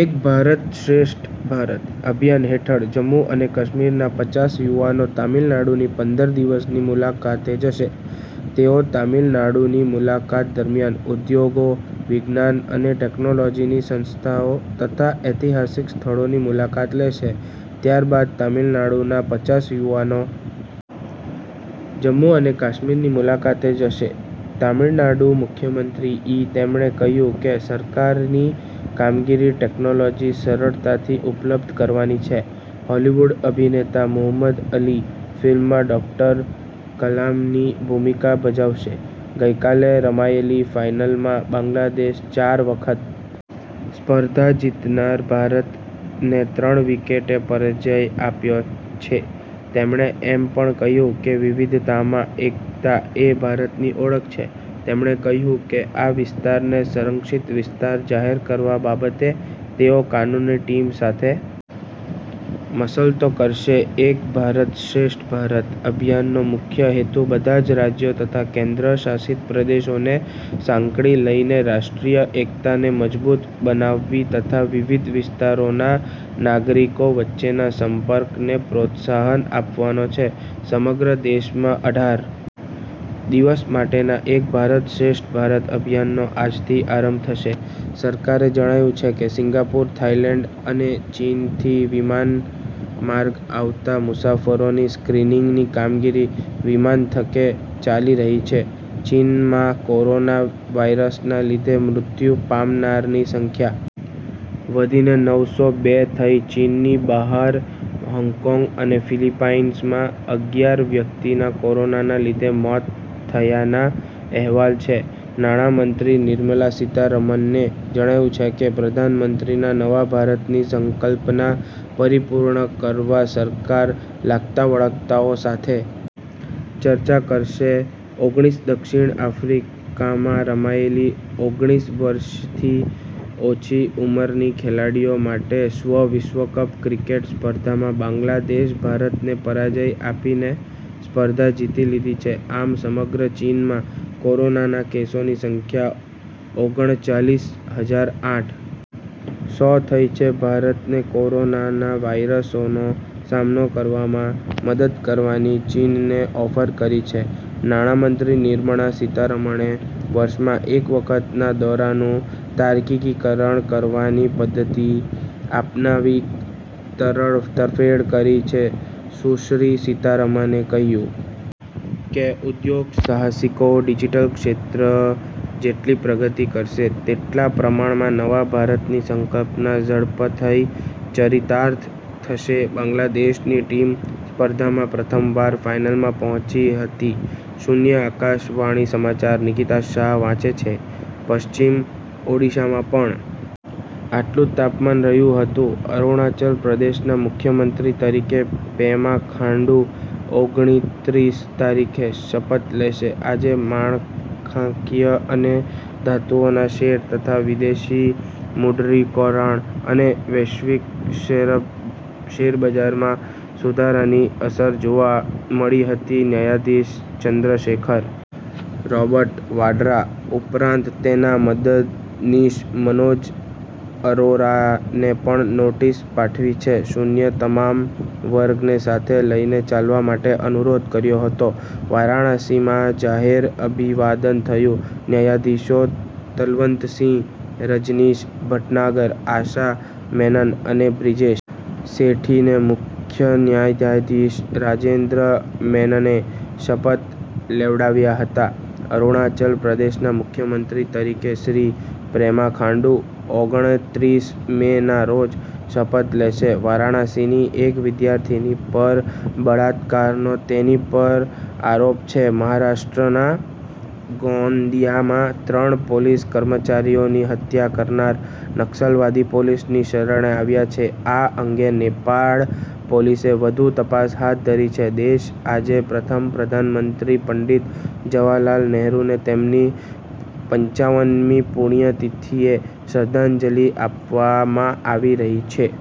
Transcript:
એક ભારતશ્રેષ્ઠ ભારત અભિયાન હેઠળ જમ્મુ અને કાશ્મીરના પચાસ યુવાનો તમિલનાડુની પંદર દિવસની મુલાકાતે જશે તેઓ તમીલનાડુની મુલાકાત દરમ્યાન ઉદ્યોગો વિજ્ઞાન અને ટેકનોલોજીની સંસ્થાઓ તથા ઐતિહાસિક સ્થળોની મુલાકાત લેશે ત્યારબાદ તમીલનાડુના પચાસ યુવાનો જમ્મુ અને કાશ્મીરની મુલાકાતે જશે તમીળનાડુના મુખ્યમંત્રી ઈ તેમણે કહ્યું કે સરકારની કામગીરી ટેકનોલોજી સરળતાથી ઉપલબ્ધ કરાવવાની છે હોલીવુડ અભિનેતા મુહમ્મદ અલી ફિલ્મમાં ડોક્ટર કલામની ભુમિકા ભજવશે ગઇકાલે રમાયેલી ફાઇનલમાં બાંગ્લાદેશે ચાર વખત સ્પર્ધા જીતનાર ભારતને ત્રણ વિકેટ પરાજ્ય આપ્યો છે તેમણે એમ પણ કહ્યું કે વિવિધતામાં એકતા એ ભારતની ઓળખ છે તેમણે કહ્યું કે આ વિસ્તારને સંરક્ષિત વિસ્તાર જાહેર કરવા બાબતે તેઓ કાનૂની ટીમ સાથે મસલતો કરશે એક ભારતશ્રેષ્ઠ ભારત અભિયાનનો મુખ્ય હેતુ બધા જ રાજ્યો તથા કેન્દ્ર શાસિત પ્રદેશોને સાંકળી લઈને રાષ્ટ્રીય એકતાને મજબૂત બનાવવી તથા વિવિધ વિસ્તારોના નાગરિકો વચ્ચેના સંપર્કને પ્રોત્સાહન આપવાનો છે સમગ્ર દેશમાં અઢાર દિવસ માટેના એક ભારતશ્રેષ્ઠ ભારત અભિયાનનો આજથી આરંભ થશે સરકારે જણાવ્યુ છે કે સીંગાપુર થાઇલેન્ડ અને ચીનથી વિમાનમાર્ગે આવતા મુસાફરોની સ્ક્રીનીંગની કામગીરી વિમાનમથકે ચાલી રહી છે ચીનમાં કોરોના વાયરસના લીધે મૃત્યુ પામનારની સંખ્યા વધીને નવ સો બે થઇ ચીનની બહાર હોંગકોંગ અને ફિલીપાઇન્સમાં અગિયાર વ્યકિતના કોરોનાના લીધે મોત થયાના અહેવાલ છે નાણામંત્રી નિર્મલા સીતારામને જણાવ્યુ છે કે પ્રધાનમંત્રીના નવા ભારતની સંકલ્પના પરિપૂર્ણ કરવા સરકાર લાગતાવળગતાઓ સાથે ચર્ચા કરશે ઓગણિસ દક્ષિણ આફ્રિકામાં રમાયેલી ઓગણિસ વર્ષથી ઓછી ઉંમરના ખેલાડીઓ માટેની શ્ન વિસ્વકપ ક્રિકેટ સ્પર્ધામાં બાંગલાદેશ ભારતને પરાજ્ય આપીને સ્પર્ધા જીતી લીધી છે આમ સમગ્ર ચીનમાં કોરોનાના કેસોની સંખ્યા ઓગણચાલીસ હજાર આઠ સો થઇ છે ભારતે કોરોના વાયરસનો સામનો કરવામાં મદદ કરવાની ચીનને ઓફર કરી છે નાણામંત્રી નિર્મણા સીતારામણે વર્ષમાં એક વખત ના દરોનું તાર્કિકી કરણ કરવાની પધ્ધતી અપનાવવાની તરફેણ કરી છે સુશ્રી સીતારામને કહ્યું કે ઉદ્યોગ સાહસિકો ડિજીટલ ક્ષેત્રે જેટલી પ્રગતિ કરસે તેટલા પ્રમાણમાં નવા ભારતની સંકલ્પના ઝડપથઈ ચરિતાર્થ થશે બાંગ્લાદેશની ટીમ સ્પર્ધામાં પ્રથમવાર ફાઇનલમાં પહોચી હતી શૂન્ય આકાશવાણી સમાચાર નિકિતા શાહ વાંચે છે પશ્ચિમ ઓડીશામાં પણ આટલું જ તાપમાન રહ્યું હતું અરૂણાચલ પ્રદેશના મુખ્યમંત્રી તરીકે પેમા ખાંડુ ઓગણત્રીસ તારીખે શપથ લેશે આજે માળખાંકિય અને ધાતુઓના શેર તથા વિદેશી મૂડીરોકાણ અને વૈશ્વિક શેરબજારમાં સુધારાની અસર જોવા મળી હતી ન્યાયાધીશ ચંદ્રશેખરે રોબર્ટ વાડરા ઉપરાંત તેના મદદનીશ મનોજ અરોરાને પણ નોટીસ પાઠવી છે શૂન્ય તમામ વર્ગને સાથે લઈને ચાલવા માટે અનુરોધ કર્યો હતો વારાણસીમાં જાહેર અભિવાદન થયું ન્યાયાધીશો તલવંતસિંઘ રજનીશ ભટનાગર આશા મેનન અને બ્રિજેશ સેઠીને મુખ્યન્યાયાધીશ રાજેન્દ્ર મેનને શપથ લેવડાવ્યા હતા અરૂણાચલ પ્રદેશના મુખ્યમંત્રી તરીકે શ્રી પ્રેમાખાંડુ ઓગણત્રીસ મે ના રોજ શપથ લેશે વારાણસીની એક વિદ્યાર્થીની પર બળાત્કારનો તેની પર આરોપ છે મહારાષ્ટ્રના ગોંદિયામાં ત્રણ પોલીસ કર્મચારીઓની હત્યા કરનાર નકસલવાદી પોલીસની શરણે આવ્યો છે આ અંગે નેપાળ પોલીસે વધુ તપાસ હાથ ધરી છે દેશ આજે પ્રથમ પ્રધાનમંત્રી પંડિત જવાહરલાલ નેહરુને તેમની પપમી પુણ્યતિથિએ શ્રદ્ધાંજલિ આપવામાં આવી રહી છે।